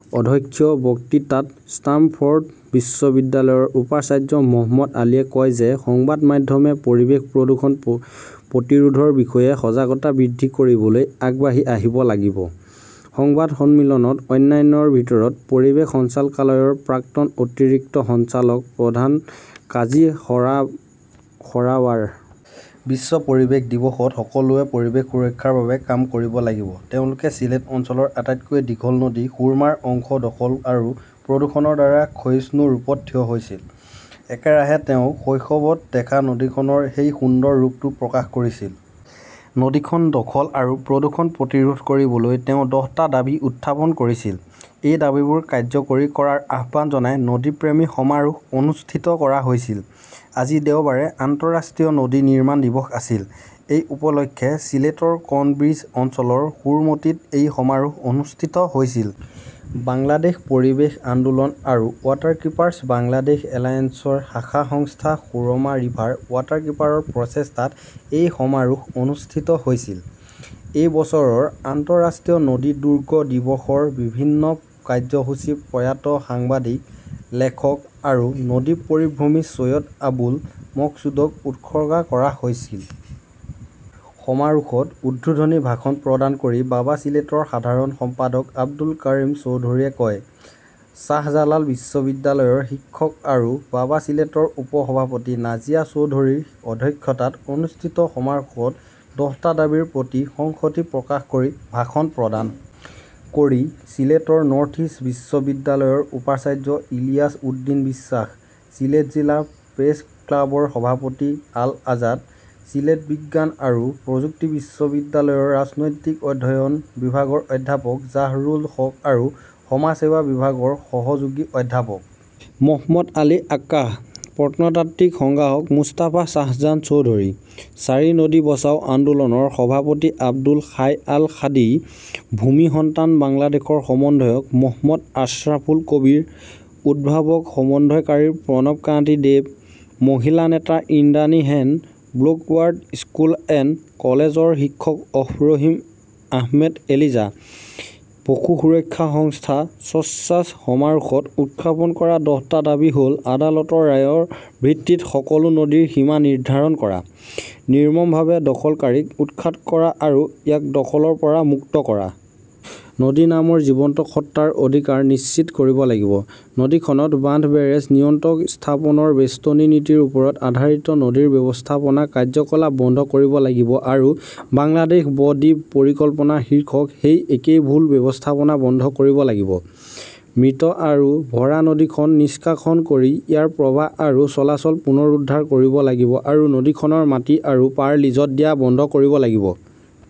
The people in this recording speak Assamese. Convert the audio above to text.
অধ্যক্ষীয় বক্তৃতাত ষ্টাৰ্মফৰ্ড বিশ্ববিদ্যালয়ৰ উপাচাৰ্য মহম্মদ আলীয়ে কয় যে সংবাদ মাধ্যমে পৰিৱেশ প্ৰদূষণ প্ৰতিৰোধৰ বিষয়ে সজাগতা বৃদ্ধি কৰিবলৈ আগবাঢ়ি আহিব লাগিব। সংবাদ সন্মিলনত অন্যান্যৰ ভিতৰত পৰিৱেশ সঞ্চালকালয়ৰ প্ৰাক্তন অতিৰিক্ত সঞ্চালক প্ৰধান কাজী সৰাৱাৰ ইমতিয়াজ, বাবাৰ যুটীয়া সম্পাদক মিহিৰ বিশ্বাসে ভাষণ প্ৰদান কৰে। বিশ্ব পৰিৱেশ দিৱসত সকলোৱে পৰিৱেশ সুৰক্ষাৰ বাবে কাম কৰিব লাগিব তেওঁলোকে ছিলেট অঞ্চলৰ আটাইতকৈ দীঘল নদী সুৰমাৰ অংশ দখল আৰু প্ৰদূষণৰ দ্বাৰা ক্ষয়িষ্ণু ৰূপত থিয় হৈছিল। একেৰাহে তেওঁ শৈশৱত দেখা নদীখনৰ সেই সুন্দৰ ৰূপটো প্ৰকাশ কৰিছিল। নদীখন দখল আৰু প্ৰদূষণ প্ৰতিৰোধ কৰিবলৈ তেওঁ দহটা দাবী উত্থাপন কৰিছিল। এই দাবীবোৰ কাৰ্যকৰী কৰাৰ আহ্বান জনাই নদীপ্ৰেমী সমাৰোহ অনুষ্ঠিত কৰা হৈছিল। আজি দেওবাৰে আন্তঃৰাষ্ট্ৰীয় নদী নিৰ্মাণ দিৱস আছিল। এই উপলক্ষে চিলেটৰ কিনব্ৰিজ অঞ্চলৰ সুৰমতিত এই সমাৰোহ অনুষ্ঠিত হৈছিল। বাংলাদেশ পৰিৱেশ আন্দোলন আৰু ৱাটাৰকীপাৰ্ছ বাংলাদেশ এলায়েন্সৰ শাখা সংস্থা সুৰমা ৰিভাৰ ৱাটাৰকীপাৰৰ প্ৰচেষ্টাত এই সমাৰোহ অনুষ্ঠিত হৈছিল। এই বছৰৰ আন্তঃৰাষ্ট্ৰীয় নদী দুৰ্গ দিৱসৰ বিভিন্ন কাৰ্যসূচী প্ৰয়াত সাংবাদিক, লেখক আৰু নদী পৰিভ্ৰমী চৈয়দ আবুল মকছুদক উৎসৰ্গা কৰা হৈছিল। সমাৰোহত উদ্বোধনী ভাষণ প্ৰদান কৰি বাবা চিলেটৰ সাধাৰণ সম্পাদক আব্দুল কাৰিম চৌধুৰীয়ে কয়। শ্বাহজালাল বিশ্ববিদ্যালয়ৰ শিক্ষক আৰু বাবা ছিলেটৰ উপ-সভাপতি নাজিয়া চৌধুৰীৰ অধ্যক্ষতাত অনুষ্ঠিত সমাৰোহত দহটা দাবীৰ প্ৰতি সংহতি প্ৰকাশ কৰি ভাষণ প্ৰদান কৰি ছিলেটৰ নৰ্থ ইষ্ট বিশ্ববিদ্যালয়ৰ উপাচাৰ্য ইলিয়াছ উদ্দীন বিশ্বাস, ছিলেট জিলা প্ৰেছ ক্লাবৰ সভাপতি আল আজাদ, ছিলেট বিজ্ঞান আৰু প্ৰযুক্তি বিশ্ববিদ্যালয়ৰ ৰাজনৈতিক অধ্যয়ন বিভাগৰ অধ্যাপক জাহৰুল হক আৰু সমাজ সেৱা বিভাগৰ সহযোগী অধ্যাপক মহম্মদ আলী আক্কাস, প্ৰত্নতাত্ত্বিক সংগ্ৰাহক মুস্তাফা শ্বাহজান চৌধুৰী, ছাৰী নদী বচাও আন্দোলনৰ সভাপতি আব্দুল হাই আল হাদি, ভূমি সন্তান বাংলাদেশৰ সমন্বয়ক মহম্মদ আশ্ৰাফুল কবীৰ, উদ্ভাৱক সমন্বয়কাৰী প্ৰণৱ কান্তি দেৱ, মহিলা নেতা Indrani Sen, Blue Bird School and কলেজৰ শিক্ষক আফৰহিম আহমেদ এলিজা, পশু সুৰক্ষা সংস্থা "ছছাছ" সমাৰোহত উত্থাপন কৰা দহটা দাবী হ'ল আদালতৰ ৰায়ৰ ভিত্তিত সকলো নদীৰ সীমা নিৰ্ধাৰণ কৰা, নিৰ্মমভাৱে দখলকাৰীক উৎখাত কৰা আৰু ইয়াক দখলৰ পৰা মুক্ত কৰা। নদী নামৰ জীৱন্ত সত্তাৰ অধিকাৰ নিশ্চিত কৰিব লাগিব। নদীখনত বান্ধ-বেৰেজ-নিয়ন্ত্ৰক স্থাপনৰ বেষ্টনী নীতিৰ ওপৰত আধাৰিত নদী ব্যৱস্থাপনা কাৰ্যকলাপ বন্ধ কৰিব লাগিব আৰু "বাংলাদেশ ব-দ্বীপ পৰিকল্পনা"-শীৰ্ষক সেই একেই ভুল ব্যৱস্থাপনা বন্ধ কৰিব লাগিব। মৃত আৰু ভৰা নদীখন নিষ্কাশন কৰি ইয়াৰ প্ৰৱাহ আৰু চলাচল পুনৰুদ্ধাৰ কৰিব লাগিব আৰু নদীখনৰ মাটি আৰু পাৰ লিজত দিয়া বন্ধ কৰিব লাগিব।